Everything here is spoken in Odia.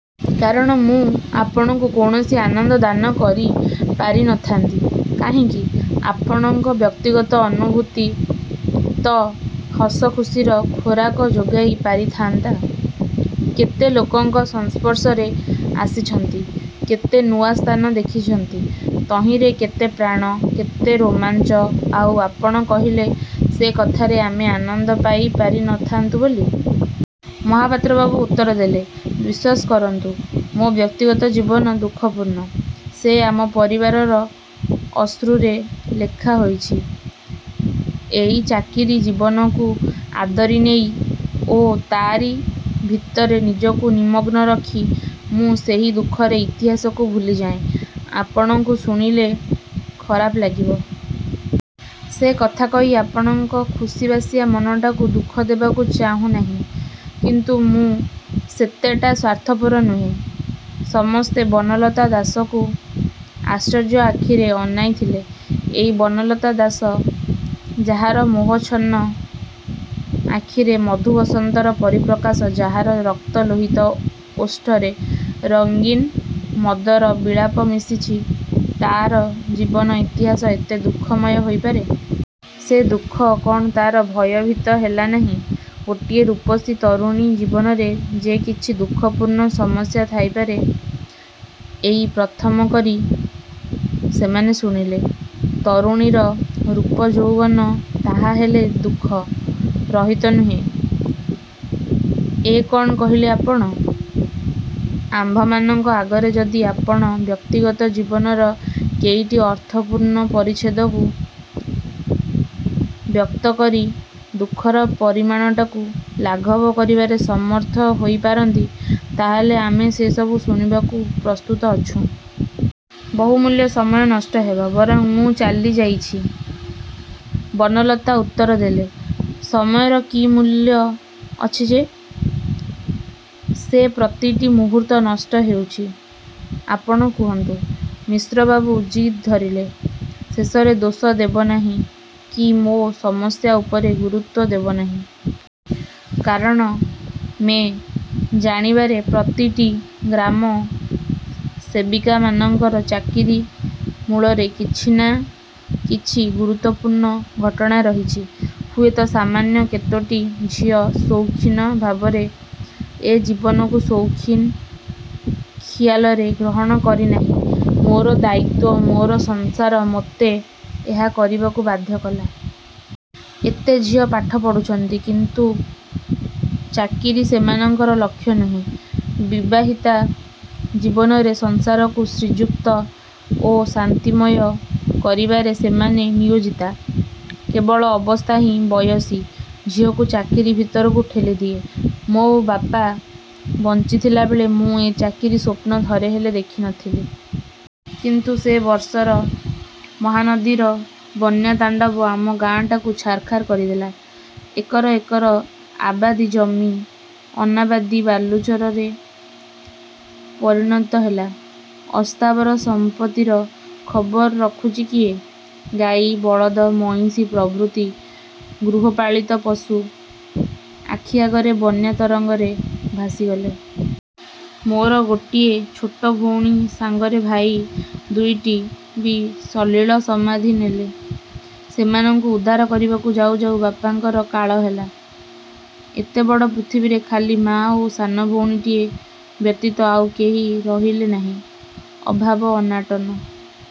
କାରଣ ମୁଁ ଆପଣଙ୍କୁ କୌଣସି ଆନନ୍ଦ ଦାନ କରି ପାରି ନ ଥାନ୍ତି। ' 'କାହିଁକି? ଆପଣଙ୍କ ବ୍ୟକ୍ତିଗତ ଅନୁଭୂତି ତ' ହସଖୁସିର ଖୋରାକ ଯୋଗାଇ ପାରିଥାନ୍ତା! କେତେ ଲୋକଙ୍କ ସଂସ୍ପର୍ଶରେ ଆସିଛନ୍ତି-କେତେ ନୂଆ ସ୍ଥାନ ଦେଖିଛନ୍ତି। ତହିଁରେ କେତେ ପ୍ରାଣ, କେତେ ରୋମାଞ୍ଚ। ଆଉ ଆପଣ କହିଲେ ସେ କଥାରେ ଆମେ ଆନନ୍ଦ ପାଇ ପାରି ନ ଥାନ୍ତୁ ବୋଲି? ' ମହାପାତ୍ରବାବୁ ଉତ୍ତର ଦେଲେ। ''ବିଶ୍ୱାସ କରନ୍ତୁ, ମୋର ବ୍ୟକ୍ତିଗତ ଜୀବନ ଦୁଃଖପୂର୍ଣ୍ଣ। ସେ ଆମ ପରିବାରର ଅଶ୍ରୁରେ ଲେଖା ହୋଇଛି। ଏଇ ଚାକିରି ଜୀବନକୁ ଆଦରି ନେଇ ଓ ତାରି ଭିତରେ ନିଜକୁ ନିମଗ୍ନ ରଖି ମୁଁ ସେହି ଦୁଃଖର ଇତିହାସକୁ ଭୁଲିଯାଏଁ। ଆପଣଙ୍କୁ ଶୁଣିଲେ ଖରାପ ଲାଗିବ। ସେ କଥା କହି ଆପଣଙ୍କ ଖୁସିବାସିଆ ମନଟାକୁ ଦୁଃଖ ଦେବାକୁ ଚାହୁଁ ନାହିଁ। କିନ୍ତୁ ମୁଁ ସେତେଟା ସ୍ୱାର୍ଥପର ନୁହେ। '' ସମସ୍ତେ ବନଲତା ଦାସକୁ ଆଶ୍ଚର୍ଯ୍ୟ ଆଖିରେ ଅନାଇ ଥିଲେ। ଏଇ ବନଲତା ଦାସ, ଯାହାର ମୋହାଚ୍ଛନ୍ନ ଆଖିରେ ମଧୁବସନ୍ତର ପରିପ୍ରକାଶ, ଯାହାର ରକ୍ତ ଲୋହିତ ଓଷ୍ଠରେ ରଙ୍ଗୀନ ମଦର ବିଳାପ ମିଶିଛି, ତାର ଜୀବନ ଇତିହାସ ଏତେ ଦୁଃଖମୟ ହୋଇପାରେ? ସେ ଦୁଃଖ କଣ ତାର ଭୟଭୀତ ହେଲାନାହିଁ? ଗୋଟିଏ ରୂପସୀ ତରୁଣୀ ଜୀବନରେ ଯେ କିଛି ଦୁଃଖପୂର୍ଣ୍ଣ ସମସ୍ୟା ଥାଇପାରେ, ଏଇ ପ୍ରଥମ କରି ସେମାନେ ଶୁଣିଲେ। ତରୁଣୀର ରୂପ ଯୌବନ ତାହାହେଲେ ଦୁଃଖ-ରହିତ ନୁହେ? 'ଏ କଣ କହିଲେ ଆପଣ? ଆମ୍ଭମାନଙ୍କ ଆଗରେ ଯଦି ଆପଣ ବ୍ୟକ୍ତିଗତ ଜୀବନର କେଇଟି ଅର୍ଥପୂର୍ଣ୍ଣ ପରିଚ୍ଛଦକୁ ବ୍ୟକ୍ତ କରି ଦୁଃଖର ପରିମାଣଟାକୁ ଲାଘବ କରିବାରେ ସମର୍ଥ ହୋଇ ପାରନ୍ତି, ତାହାହେଲେ ଆମେ ସେ ସବୁ ଶୁଣିବାକୁ ପ୍ରସ୍ତୁତ ଅଛୁଁ। 'ବହୁମୂଲ୍ୟ ସମୟ ନଷ୍ଟ ହେବ, ବରଂ ମୁଁ ଚାଲିଯାଇଛି। ' ବନଲତା ଉତ୍ତର ଦେଲେ। 'ସମୟର କି ମୂଲ୍ୟ ଅଛି ଯେ? ସେ ପ୍ରତିଟି ମୁହୂର୍ତ୍ତ ନଷ୍ଟ ହେଉଛି। ଆପଣ କହନ୍ତୁ। ' ମିଶ୍ରବାବୁ ଜିଦ୍ ଧରିଲେ। 'ଶେଷରେ ଦୋଷ ଦେବେନାହିଁ କି ମୋ ସମସ୍ୟା ଉପରେ ଗୁରୁତ୍ୱ ଦେବେନାହିଁ। କାରଣ ମେ' ଜାଣିବାରେ ପ୍ରତିଟି ଗ୍ରାମ ସେବିକାମାନଙ୍କର ଚାକିରି ମୂଳରେ କିଛିନାଁ କିଛି ଗୁରୁତ୍ୱପୂର୍ଣ୍ଣ ଘଟଣା ରହିଛି। ହୁଏତ ସାମାନ୍ୟ କେତୋଟି ଝିଅ ସୌଖିନ ଭାବରେ ଏ ଜୀବନକୁ ସୌଖିନ-ଖିଆଲରେ ଗ୍ରହଣ କରିନାହିଁ। ମୋର ଦାୟିତ୍ୱ, ମୋର ସଂସାର ମୋତେ ଏହା କରିବାକୁ ବାଧ୍ୟ କଲା। ଏତେ ଝିଅ ପାଠ ପଢ଼ୁଛନ୍ତି। କିନ୍ତୁ ଚାକିରି ସେମାନଙ୍କର ଲକ୍ଷ ନୁହେଁ। ବିବାହିତା ଜୀବନରେ ସଂସାରକୁ ଶ୍ରୀଯୁକ୍ତ ଓ ଶାନ୍ତିମୟ କରିବାରେ ସେମାନେ ନିୟୋଜିତା। କେବଳ ଅବସ୍ଥାହିଁ ବୟସୀ ଝିଅକୁ ଚାକିରି ଭିତରକୁ ଠେଲିଦିଏ। ମୋ ବାପା ବଞ୍ଚିଥିଲାବେଳେ ମୁଁ ଏ ଚାକିରି ସ୍ୱପ୍ନ ଥରେ ହେଲେ ଦେଖି ନଥିଲି। କିନ୍ତୁ ସେ ବର୍ଷର ମହାନଦୀର ବନ୍ୟା ତାଣ୍ଡବ ଆମ ଗାଁଟାକୁ ଛାରଖାର କରିଦେଲା। ଏକର ଏକର, ଆବାଦୀ-ଜମି, ଅନାବାଦୀ ବାଲୁଚରରେ ପରିଣତ ହେଲା-। ଅସ୍ଥାବର ସଂପତ୍ତିର ଖବର ରଖୁଛି କିଏ? ଗାଈ, ବଳଦ, ମଇଁଷି ପ୍ରଭୃତି ଗୃହପାଳିତ ପଶୁ ଆଖି ଆଗରେ ବନ୍ୟା ତରଙ୍ଗରେ ଭାସିଗଲେ। ମୋର ଗୋଟିଏ ଛୋଟ ଭଉଣୀ ସାଙ୍ଗରେ ଭାଇ ଦୁଇଟି ବି ସଲିଳ ସମାଧି ନେଲେ। ସେମାନଙ୍କୁ ଉଦ୍ଧାର କରିବାକୁ ଯାଉ ଯାଉ ବାପାଙ୍କର କାଳ ହେଲା-। ଏତେବଡ଼ ପୃଥିବୀରେ ଖାଲି ମାଆ ଓ ସାନଭଉଣୀଟିଏ ବ୍ୟତୀତ ଆଉ କେହି ରହିଲେ ନାହିଁ-। ଅଭାବ ଅନାଟନ